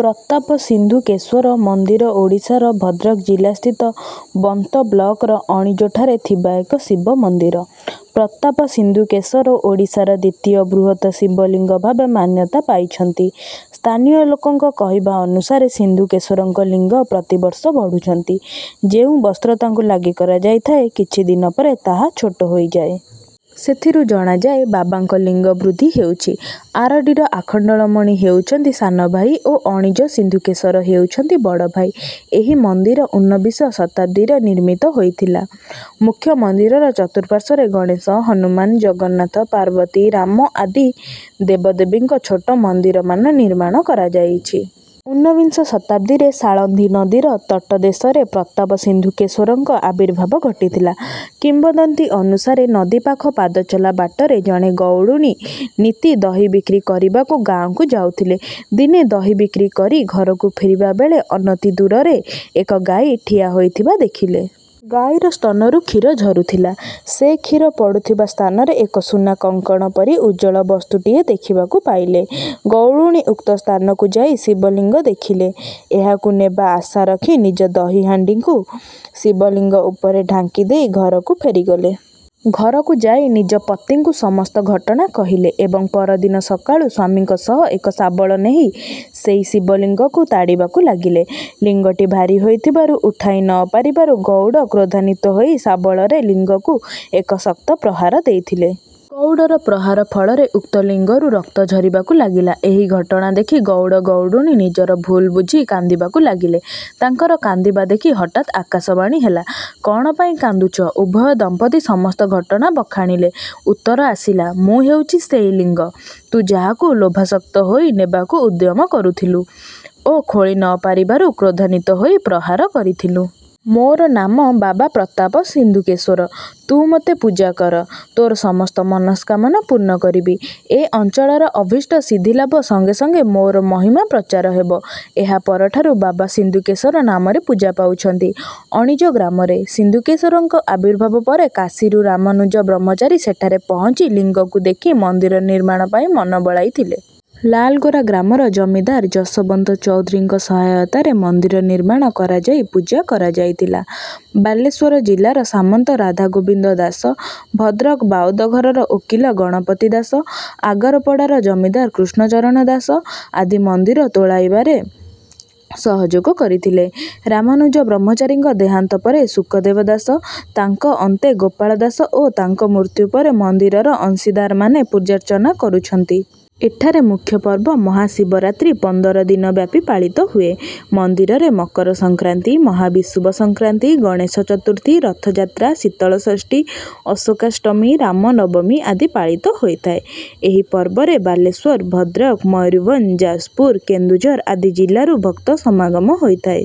ପ୍ରତାପ ସିନ୍ଧୁକେଶ୍ୱର ମନ୍ଦିର ଓଡ଼ିଶାର ଭଦ୍ରକ ଜିଲ୍ଲାସ୍ଥିତ ବନ୍ତ ବ୍ଲକର ଅଣିଜୋଠାରେ ଥିବା ଏକ ଶିବ ମନ୍ଦିର। ପ୍ରତାପ ସିନ୍ଧୁକେଶ୍ୱର ଓଡ଼ିଶାର ଦ୍ୱିତୀୟ ବୃହତ ଶିବଲିଙ୍ଗ ଭାବେ ମାନ୍ୟତା ପାଇଛନ୍ତି। ସ୍ଥାନୀୟ ଲୋକଙ୍କ କହିବା ଅନୁସାରେ ସିନ୍ଧୁକେଶ୍ୱରଙ୍କ ଲିଙ୍ଗ ପ୍ରତିବର୍ଷ ବଢୁଛନ୍ତି। ଯେଉଁ ବସ୍ତ୍ର ତାଙ୍କୁ ଲାଗି କରାଯାଇଥାଏ, କିଛି ଦିନ ପରେ ତାହା ଛୋଟ ହୋଇଯାଏ। ସେଥିରୁ ଜଣାଯାଏ ବାବାଙ୍କ ଲିଙ୍ଗ ବୃଦ୍ଧି ହେଉଛି। ଆରଡ଼ିର ଆଖଣ୍ଡଳମଣି ହେଉଛନ୍ତି ସାନଭାଇ ଓ ଅଣିଜୋ ସିନ୍ଧୁକେଶ୍ୱର ହେଉଛନ୍ତି ବଡ଼ଭାଇ। ଏହି ମନ୍ଦିର ଉନବିଂଶ ଶତାବ୍ଦୀରେ ନିର୍ମିତ ହୋଇଥିଲା। ମୁଖ୍ୟ ମନ୍ଦିରର ଚତୁଃପାର୍ଶ୍ୱରେ ଗଣେଶ, ହନୁମାନ, ଜଗନ୍ନାଥ, ପାର୍ବତୀ, ରାମ ଆଦି ଦେବଦେବୀଙ୍କ ଛୋଟ ମନ୍ଦିରମାନ ନିର୍ମାଣ କରାଯାଇଛି। ଉନବିଂଶ ଶତାବ୍ଦୀରେ ସାଳନ୍ଦୀ ନଦୀର ତଟଦେଶରେ ପ୍ରତାପ ସିନ୍ଧୁକେଶ୍ୱରଙ୍କ ଆବିର୍ଭାବ ଘଟିଥିଲା। କିମ୍ବଦନ୍ତୀ ଅନୁସାରେ, ନଦୀ ପାଖ ପାଦଚଲା ବାଟରେ ଜଣେ ଗଉଡ଼ୁଣୀ ନିତି ଦହି ବିକ୍ରି କରିବାକୁ ଗାଁକୁ ଯାଉଥିଲେ। ଦିନେ ଦହି ବିକ୍ରି କରି ଘରକୁ ଫେରିବା ବେଳେ ଅନତି ଦୂରରେ ଏକ ଗାଈ ଠିଆ ହୋଇଥିବା ଦେଖିଲେ। ଗାଈର ସ୍ତନରୁ କ୍ଷୀର ଝରୁଥିଲା। ସେ କ୍ଷୀର ପଡ଼ୁଥିବା ସ୍ଥାନରେ ଏକ ସୁନା କଙ୍କଣ ପରି ଉଜ୍ଜ୍ୱଳ ବସ୍ତୁଟିଏ ଦେଖିବାକୁ ପାଇଲେ। ଗଉଡ଼ୁଣୀ ଉକ୍ତ ସ୍ଥାନକୁ ଯାଇ ଶିବଲିଙ୍ଗ ଦେଖିଲେ। ଏହାକୁ ନେବା ଆଶା ରଖି ନିଜ ଦହି ହାଣ୍ଡିକୁ ଶିବଲିଙ୍ଗ ଉପରେ ଢାଙ୍କିଦେଇ ଘରକୁ ଫେରିଗଲେ। ଘରକୁ ଯାଇ ନିଜ ପତିଙ୍କୁ ସମସ୍ତ ଘଟଣା କହିଲେ ଏବଂ ପରଦିନ ସକାଳୁ ସ୍ୱାମୀଙ୍କ ସହ ଏକ ଶାବଳ ନେଇ ସେହି ଶିବଲିଙ୍ଗକୁ ତାଡ଼ିବାକୁ ଲାଗିଲେ। ଲିଙ୍ଗଟି ଭାରୀ ହୋଇଥିବାରୁ ଉଠାଇ ନ ପାରିବାରୁ ଗଉଡ଼ କ୍ରୋଧାନ୍ୱିତ ହୋଇ ଶାବଳରେ ଲିଙ୍ଗକୁ ଏକ ଶକ୍ତ ପ୍ରହାର ଦେଇଥିଲେ। ଗଉଡ଼ର ପ୍ରହାର ଫଳରେ ଉକ୍ତ ଲିଙ୍ଗରୁ ରକ୍ତ ଝରିବାକୁ ଲାଗିଲା। ଏହି ଘଟଣା ଦେଖି ଗଉଡ଼-ଗଉଡ଼ୁଣୀ ନିଜର ଭୁଲ ବୁଝି କାନ୍ଦିବାକୁ ଲାଗିଲେ। ତାଙ୍କର କାନ୍ଦିବା ଦେଖି ହଠାତ ଆକାଶବାଣୀ ହେଲା, କ'ଣ ପାଇଁ କାନ୍ଦୁଛ?। ଉଭୟ ଦମ୍ପତି ସମସ୍ତ ଘଟଣା ବଖାଣିଲେ। ଉତ୍ତର ଆସିଲା, "ମୁଁ ହେଉଛି ସେହି ଲିଙ୍ଗ, ତୁ ଯାହାକୁ ଲୋଭାସକ୍ତ ହୋଇ ନେବାକୁ ଉଦ୍ୟମ କରୁଥିଲୁ ଓ ଖୋଳି ନ ପାରିବାରୁ କ୍ରୋଧାନ୍ୱିତ ହୋଇ ପ୍ରହାର କରିଥିଲୁ। ମୋର ନାମ ବାବା ପ୍ରତାପ ସିନ୍ଧୁକେଶ୍ୱର। ତୁ ମୋତେ ପୂଜା କର, ତୋର ସମସ୍ତ ମନସ୍କାମନା ପୂର୍ଣ୍ଣ କରିବି। ଏ ଅଞ୍ଚଳର ଅଭୀଷ୍ଟ ସିଦ୍ଧିଲାଭ ସଙ୍ଗେ ସଙ୍ଗେ ମୋର ମହିମା ପ୍ରଚାର ହେବ। ଏହା ପରଠାରୁ ବାବା ସିନ୍ଧୁକେଶ୍ୱର ନାମରେ ପୂଜା ପାଉଛନ୍ତି ଅଣିଜୋ ଗ୍ରାମରେ। ସିନ୍ଧୁକେଶ୍ୱରଙ୍କ ଆବିର୍ଭାବ ପରେ କାଶୀରୁ ରାମାନୁଜ ବ୍ରହ୍ମଚାରୀ ସେଠାରେ ପହଞ୍ଚି ଲିଙ୍ଗକୁ ଦେଖି ମନ୍ଦିର ନିର୍ମାଣ ପାଇଁ ମନ ବଳାଇଥିଲେ। ଲାଲଗୋରା ଗ୍ରାମର ଜମିଦାର ଯଶୋବନ୍ତ ଚୌଧୁରୀଙ୍କ ସହାୟତାରେ ମନ୍ଦିର ନିର୍ମାଣ କରାଯାଇ ପୂଜା କରାଯାଇଥିଲା। ବାଲେଶ୍ୱର ଜିଲ୍ଲାର ସାମନ୍ତ ରାଧାଗୋବିନ୍ଦ ଦାସ, ଭଦ୍ରକ ବାଉଦଘରର ଓକିଲ ଗଣପତି ଦାସ, ଆଗରପଡ଼ାର ଜମିଦାର କୃଷ୍ଣ ଚରଣ ଦାସ ଆଦି ମନ୍ଦିର ତୋଳାଇବାରେ ସହଯୋଗ କରିଥିଲେ। ରାମାନୁଜ ବ୍ରହ୍ମଚାରୀଙ୍କ ଦେହାନ୍ତ ପରେ ଶୁକଦେବ ଦାସ, ତାଙ୍କ ଅନ୍ତେ ଗୋପାଳ ଦାସ ଓ ତାଙ୍କ ମୃତ୍ୟୁ ପରେ ମନ୍ଦିରର ଅଂଶୀଦାରମାନେ ପୂଜାର୍ଚ୍ଚନା କରୁଛନ୍ତି। ଏଠାରେ ମୁଖ୍ୟପର୍ବ ମହାଶିବରାତ୍ରି ପନ୍ଦର ଦିନ ବ୍ୟାପୀ ପାଳିତ ହୁଏ। ମନ୍ଦିରରେ ମକର ସଂକ୍ରାନ୍ତି, ମହାବିଷୁବ ସଂକ୍ରାନ୍ତି, ଗଣେଶ ଚତୁର୍ଥୀ, ରଥଯାତ୍ରା, ଶୀତଳ ଷଷ୍ଠୀ, ଅଶୋକାଷ୍ଟମୀ, ରାମ ନବମୀ ଆଦି ପାଳିତ ହୋଇଥାଏ। ଏହି ପର୍ବରେ ବାଲେଶ୍ୱର, ଭଦ୍ରକ, ମୟୂରଭଞ୍ଜ, ଯାଜପୁର, କେନ୍ଦୁଝର ଆଦି ଜିଲ୍ଲାରୁ ଭକ୍ତ ସମାଗମ ହୋଇଥାଏ।